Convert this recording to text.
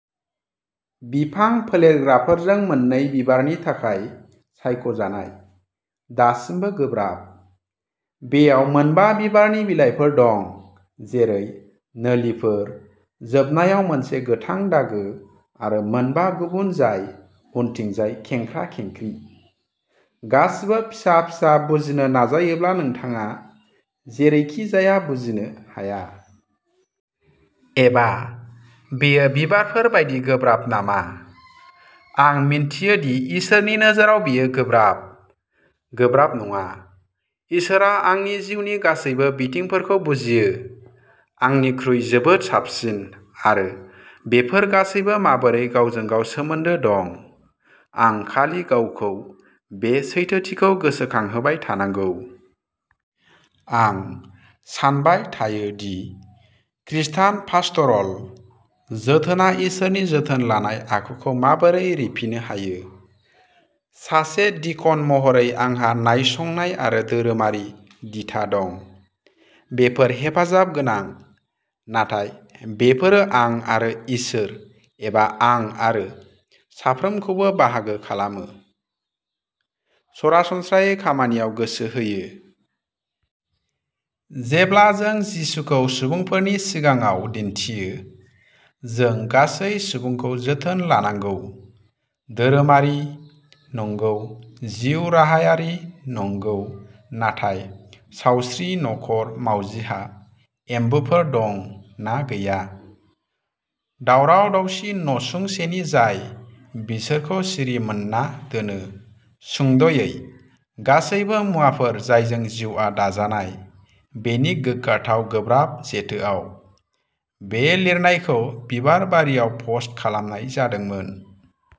बिफां फोलेरग्राफोरजों मोननै बिबारनि थाखाय सायख'जानाय, दासिमबो गोब्राब। बेयाव मोनबा बिबारनि बिलाइफोर दं, जेरै नोलिफोर, जोबनायाव मोनसे गोथां दागो, आरो मोनबा गुबुन जाय उनथिंजाय खेंख्रा-खेंख्रि। गासिबो फिसा फिसा बुजिनो नाजायोब्ला, नोंथाङा जेरैखिजाया बुजिनो हाया। एबा बेयो बिबारफोर बायदि गोब्राब नामा? आं मिन्थियोदि इसोरनि नोजोराव बेयो गोब्राब, गोब्राब नङा। इसोरआ आंनि जिउनि गासैबो बिथिंफोरखौ बुजियो, आंनिख्रुइ जोबोद साबसिन, आरो बेफोर गासैबो माबोरै गावजों-गाव सोमोन्दो दं। आं खालि गावखौ बे सैथोथिखौ गोसोखांहोबाय थानांगौ। आं सानबाय थायो दि खृष्टान पास्टरल जोथोनआ इसोरनि जोथोन लानाय आखुखौ माबोरै रिफिनो हायो। सासे डिकन महरै आंहा नायसंनाय आरो धोरोमारि दिथा दं। बेफोर हेफाजाब गोनां, नाथाय बेफोरो आं आरो इसोर एबा आं आरो साफ्रोमखौबो बाहागो खालामो, सरासनस्रायै खामानियाव गोसो होयो। जेब्ला जों जिसुखौ सुबुंफोरनि सिगाङाव दिन्थियो, जों गासै सुबुंखौ जोथोन लानांगौ धोरोमारि, नंगौ, जिउराहायारि, नंगौ, नाथाय सावस्रि, नखर, मावजिहा एम्बुफोर दं ना गैया, दावराव दावसि नसुंसेनि जाय बिसोरखौ सिरिमोनना दोनो। सुंद'यै, गासैबो मुवाफोर जायजों जिउआ दाजानाय, बेनि गोग्गाथाव गोब्राब जेथोआव। बे लिरनायखौ बिबारबारियाव पस्ट खालामनाय जादोंमोन।